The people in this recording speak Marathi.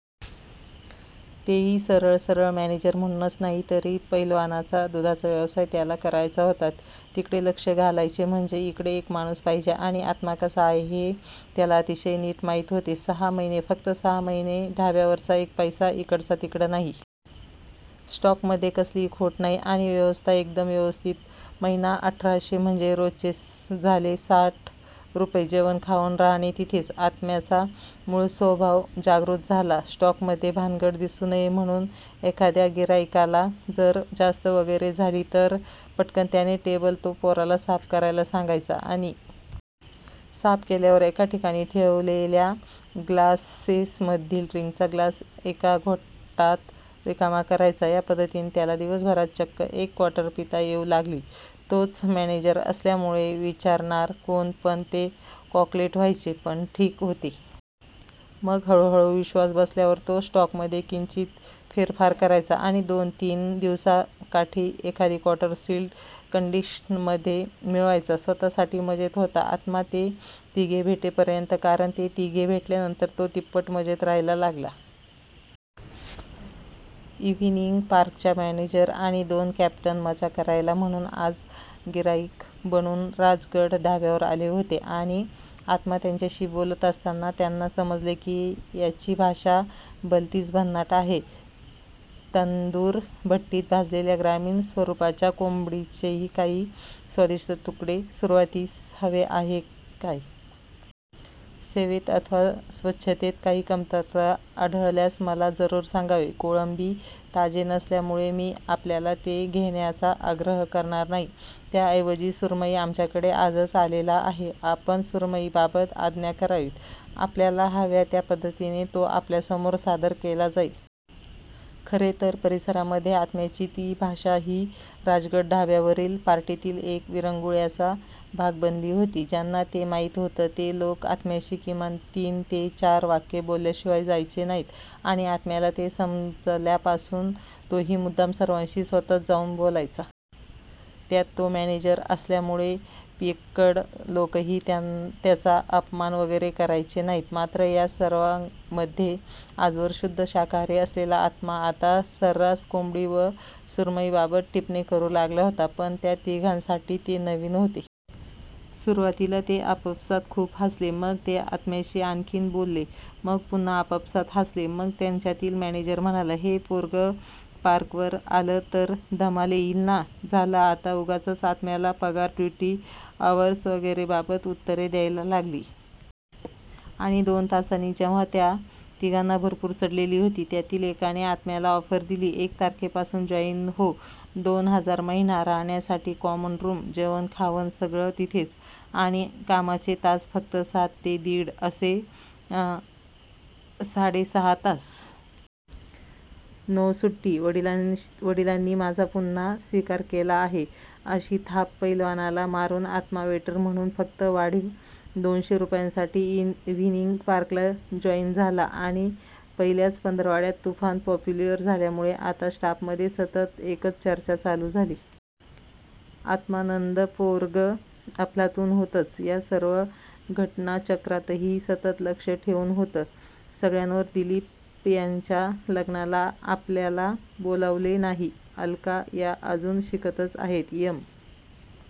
तेही, सरळ सरळ मॅनेजर म्हणूनच.. नाहीतरी पहिलवानाचा दुधाचा व्यवसाय त्याला करायचाच होता. तिकडे लक्ष घालायचे म्हणजे इकडे एक माणूस पाहिजे, आणि आत्मा कसा आहे. हे त्याला अतिशय नीट माहीत होते. सहा महिने फक्त सहा महिने ढाब्यावरचा एक पैसा इकडचा तिकडे नाही. स्टॉकमध्ये कसलीही खोट नाही. आणि व्यवस्था एकदम व्यवस्थित महिना अठराशे! म्हणजे रोजचे झाले साठ रुपये जेवणखाण राहणे तिथेच, आत्म्याचा मूळ स्वभाव जागृत झाला. स्टॉकमध्ये भानगड दिसू नये म्हणून, एखाद्या गिर्हाईकाला जर जास्त वगैरे झाली तर पटकन त्याचे टेबल तो पोराला साफ करायला सांगायचा. आणि साफ केल्यावर एका ठिकाणी ठेवलेल्या ग्लासेसमधील ड्रिंकचा ग्लास एका घोटात रिकामा करायचा. या पद्धतीने त्याला दिवसभरात चक्क एक क्वार्टर पिता येऊ लागली.. तोच मॅनेजर असल्यामुळे विचारणार कोण? पण ते कॉकटेल व्हायचे पण ठीक होते. मग हळूहळू विश्वास बसल्यावर तो स्टॉकमध्ये किंचित फेरफार करायचा आणि दोन तीन दिवसाकाठी एखादी क्वार्टर सील्ड कंडिशनमध्ये मिळवायचा स्वतःसाठी मजेत होता आत्मा! ते तिघे भेटेपर्यंत! कारण, ते तिघे भेटल्यानंतर तो तिप्पट मजेत राहायला लागला. इव्हिनिंग पार्कचा मॅनेजर आणि दोन कॅप्टन मजा करायला म्हणून आज गिर्हाईक बनून राजगड ढाब्यावर आले होते. आणि आत्मा त्यांच्याशी बोलत असताना त्यांना समजले की याची भाषा भलतीच भन्नाट आहे. 'तंदुर भट्टीत भाजलेल्या ग्रामीण स्वरुपाच्या कोंबडीचे काही स्वादिष्ट तुकडे सुरुवातीस हवे आहेत काय? ''सेवेत अथवा स्वच्छतेत काही कमतरता आढळल्यास मला जरूर सांगावेत' 'कोळंबी ताजे नसल्यामुळे मी आपल्याला ते घेण्याचा आग्रह करणार नाही. त्या ऐवजी.. सुरमई आमच्याकडे आजच आलेला आहे. आपण सुरमईबाबत आज्ञा करावीत. आपल्याला हव्या त्या पद्धतीने तो आपल्यासमोर सादर केला जाईल. " खरे तर परिसरामध्ये आत्म्याची ती भाषा ही राजगड ढाब्यावरील पार्टीतील एक विरंगुळ्याचा भाग बनलेली होती. ज्यांना ते माहीत होतं ते लोक आत्म्याशी किमान तीन ते चार वाक्ये बोलल्याशिवाय जायचेच नाहीत. आणि आत्म्याला ते समजल्यापासून तोही मुद्दाम सर्वांशी स्वतःच जाऊन बोलायचा. त्यात तो मॅनेजर असल्यामुळे पियक्कड लोकही त्याचा अपमान वगैरे करायचे नाहीत. मात्र, या सर्वामध्ये, आजवर शुद्ध शाकाहारी असलेला आत्मा आता सर्रास कोंबडी व सुरमईबाबत टिपणे करू लागला होता. पण त्या तिघांसाठी ते नवीन होते. सुरुवातीला ते आपापसात खूप हासले. मग ते आत्म्याशी आणखीन बोलले. मग पुन्हा आपापसात हासले. मग त्यांच्यातील मॅनेजर म्हणाला, 'हे पोरगं पार्कवर आलं तर धमाल येईल ना?? ' झालं! आता उगाचच आत्म्याला पगार, ड्युटी अवर्स वगैरेबाबत उत्तरे द्यायला लागली. आणि.. दोन तासांनी.. जेव्हा त्या तिघांना भरपूर चढलेली होती.. त्यातील एकाने आत्म्याला ऑफर दिली.. एक तारखेपासून जॉईन हो.. दोन हजार महिना, राहण्यासाठी कॉमन रूम, जेवणखाण सगळे तिथेच, आणि कामाचे तास फक्त सात ते दिड असे साडे सहा तास! नो सुट्टी! 'वडिलांनी माझा पुन्हा स्वीकार केला आहे' अशी थाप पहिलवानाला मारून आत्मा वेटर म्हणून फक्त वाढीव दोनशे रुपयांसाठी इव्हिनिंग पार्कला जॉईन झाला आणि पहिल्याच पंधरवड्यात तुफान पॉप्युलर झाल्यामुळे आता स्टाफमधे सतत एकच चर्चा चालू झाली. आत्मानंद पोरगं अफलातून होतंच! या सर्व घटनाचक्रातही सतत लक्ष ठेवून होतं सगळ्यांवर दिलीप यांच्या लग्नाला आपल्याला बोलावले नाही. अलका या अजून शिकतच आहेत. एम.--